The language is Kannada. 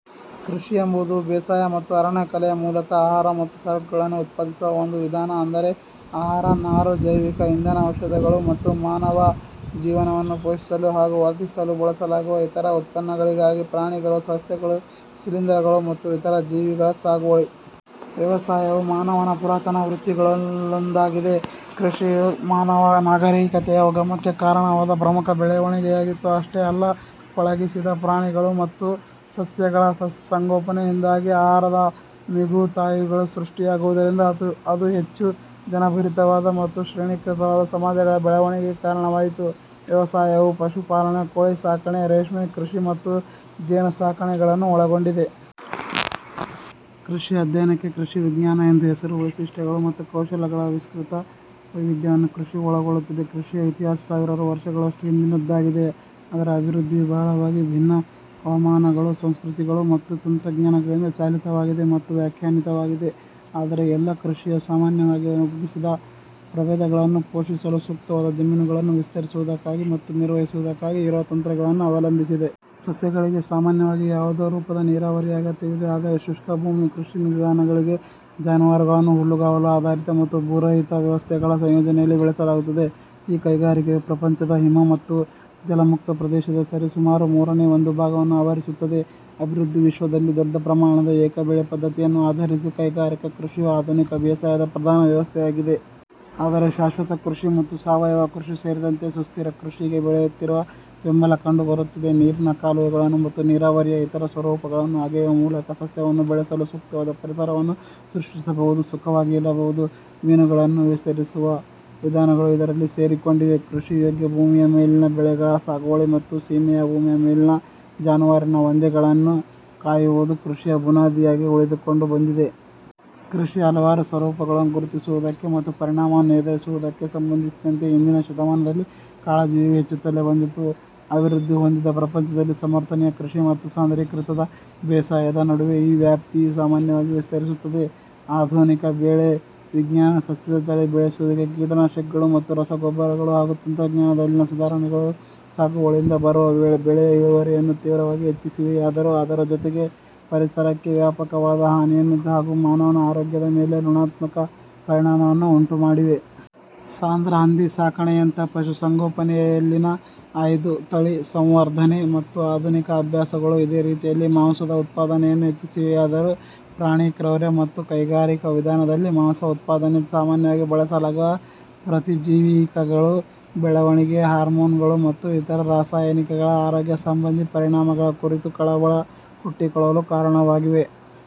ಕೃಷಿ ಎಂಬುದು ಬೇಸಾಯ ಮತ್ತು ಅರಣ್ಯಕಲೆಯ ಮೂಲಕ ಆಹಾರ ಮತ್ತು ಸರಕುಗಳನ್ನು ಉತ್ಪಾದಿಸುವ ಒಂದು ವಿಧಾನ. ಅಂದರೆ ಆಹಾರ, ನಾರು, ಜೈವಿಕ ಇಂಧನ, ಔಷಧಗಳು ಮತ್ತು ಮಾನವ ಜೀವನವನ್ನು ಪೋಷಿಸಲು ಹಾಗೂ ವರ್ಧಿಸಲು ಬಳಸಲಾಗುವ ಇತರ ಉತ್ಪನ್ನಗಳಿಗಾಗಿ ಪ್ರಾಣಿ ಗಳು, ಸಸ್ಯಗಳು, ಶಿಲೀಂಧ್ರಗಳು, ಮತ್ತು ಇತರ ಜೀವಿಗಳ ಸಾಗುವಳಿ. ವ್ಯವಸಾಯವು ಮಾನವ ನ ಪುರಾತನ ವೃತ್ತಿಗಳಲ್ಲೊಂದಾಗಿದೆ. ಕೃಷಿಯು ಮಾನವ ನಾಗರಿಕತೆಯ ಉಗಮಕ್ಕೆ ಕಾರಣವಾದ ಪ್ರಮುಖ ಬೆಳವಣಿಗೆಯಾಗಿತ್ತು. ಅಷ್ಟೇ ಅಲ್ಲ, ಪಳಗಿಸಿದ ಪ್ರಾಣಿ ಗಳು ಮತ್ತು ಸಸ್ಯಗಳ ಸಂಗೋಪನೆಯಿಂದಾಗಿ ಆಹಾರದ ಮಿಗುತಾಯಗಳು ಸೃಷ್ಟಿಯಾಗುವುದರಿಂದ ಅದು ಹೆಚ್ಚು ಜನಭರಿತವಾದ ಮತ್ತು ಶ್ರೇಣೀಕೃತವಾದ ಸಮಾಜಗಳ ಬೆಳವಣಿಗೆಗೆ ಕಾರಣವಾಯಿತು. ವ್ಯವಸಾಯವು ಪಶುಪಾಲನೆ, ಕೋಳಿಸಾಕಣೆ, ರೇಷ್ಮೆ ಕೃಷಿ ಮತ್ತು ಜೇನುಸಾಕಣೆಗಳನ್ನು ಒಳಗೊಂಡಿದೆ. ಕೃಷಿಯ ಅಧ್ಯಯನಕ್ಕೆ ಕೃಷಿ ವಿಜ್ಞಾನ ಎಂದು ಹೆಸರು. ವೈಶಿಷ್ಟ್ಯಗಳು ಮತ್ತು ಕೌಶಲಗಳ ವಿಸ್ತೃತ ವೈವಿಧ್ಯವನ್ನು ಕೃಷಿಯು ಒಳಗೊಳ್ಳುತ್ತದೆ. ಕೃಷಿಯ ಇತಿಹಾಸ ಸಾವಿರಾರು ವರ್ಷಗಳಷ್ಟು ಹಿಂದಿನದ್ದಾಗಿದೆ. ಅದರ ಅಭಿವೃದ್ಧಿಯು ಬಹಳವಾಗಿ ಭಿನ್ನ ಹವಾಮಾನಗಳು, ಸಂಸ್ಕೃತಿಗಳು, ಮತ್ತು ತಂತ್ರಜ್ಞಾನಗಳಿಂದ ಚಾಲಿತವಾಗಿದೆ ಮತ್ತು ವ್ಯಾಖ್ಯಾನಿತವಾಗಿದೆ. ಆದರೆ, ಎಲ್ಲ ಕೃಷಿಯು ಸಾಮಾನ್ಯವಾಗಿ ಒಗ್ಗಿಸಿದ ಪ್ರಭೇದಗಳನ್ನು ಪೋಷಿಸಲು ಸೂಕ್ತವಾದ ಜಮೀನುಗಳನ್ನು ವಿಸ್ತರಿಸುವುದಕ್ಕಾಗಿ ಮತ್ತು ನಿರ್ವಹಿಸುವುದಕ್ಕಾಗಿ ಇರುವ ತಂತ್ರಗಳನ್ನು ಅವಲಂಬಿಸಿದೆ. ಸಸ್ಯಗಳಿಗೆ ಸಾಮಾನ್ಯವಾಗಿ ಯಾವುದೋ ರೂಪದ ನೀರಾವರಿಯ ಅಗತ್ಯವಿದೆ. ಆದರೆ, ಶುಷ್ಕಭೂಮಿ ಕೃಷಿ ವಿಧಾನಗಳಿವೆ. ಜಾನುವಾರುಗಳನ್ನು ಹುಲ್ಲುಗಾವಲು ಆಧಾರಿತ ಮತ್ತು ಭೂರಹಿತ ವ್ಯವಸ್ಥೆಗಳ ಸಂಯೋಜನೆಯಲ್ಲಿ ಬೆಳೆಸಲಾಗುತ್ತದೆ. ಈ ಕೈಗಾರಿಕೆಯು ಪ್ರಪಂಚದ ಹಿಮ ಮತ್ತು ಜಲಮುಕ್ತ ಪ್ರದೇಶದ ಸರಿಸುಮಾರು ಮೂರನೇ ಒಂದು ಭಾಗವನ್ನು ಆವರಿಸುತ್ತದೆ. ಅಭಿವೃದ್ಧಿ ವಿಶ್ವದಲ್ಲಿ, ದೊಡ್ಡ ಪ್ರಮಾಣದ ಏಕಬೆಳೆ ಪದ್ಧತಿಯನ್ನು ಆಧರಿಸಿದ ಕೈಗಾರಿಕಾ ಕೃಷಿಯು ಆಧುನಿಕ ಬೇಸಾಯದ ಪ್ರಧಾನ ವ್ಯವಸ್ಥೆಯಾಗಿದೆ. ಆದರೆ, ಶಾಶ್ವತಕೃಷಿ ಮತ್ತು ಸಾವಯವ ಕೃಷಿ ಸೇರಿದಂತೆ ಸುಸ್ಥಿರ ಕೃಷಿಗೆ ಬೆಳೆಯುತ್ತಿರುವ ಬೆಂಬಲ ಕಂಡುಬರುತ್ತಿದೆ. ನೀರಿನ ಕಾಲುವೆಗಳನ್ನು ಮತ್ತು ನೀರಾವರಿಯ ಇತರ ಸ್ವರೂಪಗಳನ್ನು ಅಗೆಯುವ ಮೂಲಕ, ಸಸ್ಯವನ್ನು ಬೆಳೆಸಲು ಸೂಕ್ತವಾದ ಪರಿಸರವನ್ನು ಸೃಷ್ಟಿಸಬಹುದು, ಸುಖವಾಗಿ ಇಡಬಹುದು. ಮೀನುಗಳನ್ನು ವಿಸ್ತರಿಸುವ ವಿಧಾನಗಳು ಇದರಲ್ಲಿ ಸೇರಿಕೊಂಡಿವೆ. ಕೃಷಿಯೋಗ್ಯ ಭೂಮಿಯ ಮೇಲಿನ ಬೆಳೆಗಳ ಸಾಗುವಳಿ ಮತ್ತು ಸೀಮೆಯ ಭೂಮಿಯ ಮೇಲಿನ ಜಾನುವಾರಿನ ಮಂದೆಗಳನ್ನು ಕಾಯುವುದು ಕೃಷಿಯ ಬುನಾದಿಯಾಗಿ ಉಳಿದುಕೊಂಡು ಬಂದಿದೆ. ಕೃಷಿಯ ಹಲವಾರು ಸ್ವರೂಪಗಳನ್ನು ಗುರುತಿಸುವುದಕ್ಕೆ ಮತ್ತು ಪರಿಮಾಣವನ್ನು ನಿರ್ಧರಿಸುವುದಕ್ಕೆ ಸಂಬಂಧಿಸಿದಂತೆ ಹಿಂದಿನ ಶತಮಾನದಲ್ಲಿ ಕಾಳಜಿಯು ಹೆಚ್ಚುತ್ತಲೇ ಬಂದಿತ್ತು. ಅಭಿವೃದ್ಧಿ ಹೊಂದಿದ ಪ್ರಪಂಚದಲ್ಲಿ ಸಮರ್ಥನೀಯ ಕೃಷಿ ಮತ್ತು ಸಾಂದ್ರೀಕೃತ ಬೇಸಾಯದ ನಡುವೆ ಈ ವ್ಯಾಪ್ತಿಯು ಸಾಮಾನ್ಯವಾಗಿ ವಿಸ್ತರಿಸುತ್ತದೆ. ಆಧುನಿಕ ಬೆಳೆ ವಿಜ್ಞಾನ, ಸಸ್ಯದ ತಳಿ ಬೆಳೆಸುವಿಕೆ, ಕೀಟನಾಶಕಗಳು ಮತ್ತು ರಸಗೊಬ್ಬರಗಳು, ಹಾಗೂ ತಂತ್ರಜ್ಞಾನದಲ್ಲಿನ ಸುಧಾರಣೆಗಳು ಸಾಗುವಳಿಯಿಂದ ಬರುವ ಬೆಳೆಯ ಇಳುವರಿಯನ್ನು ತೀವ್ರವಾಗಿ ಹೆಚ್ಚಿಸಿವೆಯಾದರೂ, ಅದರ ಜೊತೆಗೇ, ಪರಿಸರಕ್ಕೆ ವ್ಯಾಪಕವಾದ ಹಾನಿಯನ್ನು ಹಾಗೂ ಮಾನವನ ಆರೋಗ್ಯದ ಮೇಲೆ ಋಣಾತ್ಮಕ ಪರಿಣಾಮವನ್ನೂ ಉಂಟುಮಾಡಿವೆ. ಸಾಂದ್ರ ಹಂದಿ ಸಾಕಾಣಿಕೆಯಂಥ ಪಶು ಸಂಗೋಪನೆಯಲ್ಲಿನ ಆಯ್ದ ತಳಿ ಸಂವರ್ಧನೆ ಮತ್ತು ಆಧುನಿಕ ಅಭ್ಯಾಸಗಳು ಇದೇ ರೀತಿಯಲ್ಲಿ ಮಾಂಸ ದ ಉತ್ಪಾದನೆಯನ್ನೂ ಹೆಚ್ಚಿಸಿವೆಯಾದರೂ, ಪ್ರಾಣಿ ಕ್ರೌರ್ಯ ಮತ್ತು ಕೈಗಾರಿಕಾ ವಿಧಾನದಲ್ಲಿ ಮಾಂಸ ಉತ್ಪಾದನೆಯಲ್ಲಿ ಸಾಮಾನ್ಯವಾಗಿ ಬಳಸಲಾಗುವ ಪ್ರತಿಜೀವಿಕಗಳು, ಬೆಳವಣಿಗೆ ಹಾರ್ಮೋನುಗಳು, ಮತ್ತು ಇತರ ರಾಸಾಯನಿಕಗಳ ಆರೋಗ್ಯ ಸಂಬಂಧಿ ಪರಿಣಾಮಗಳ ಕುರಿತೂ ಕಳವಳ ಹುಟ್ಟಿಕೊಳ್ಳಲು ಕಾರಣವಾಗಿವೆ.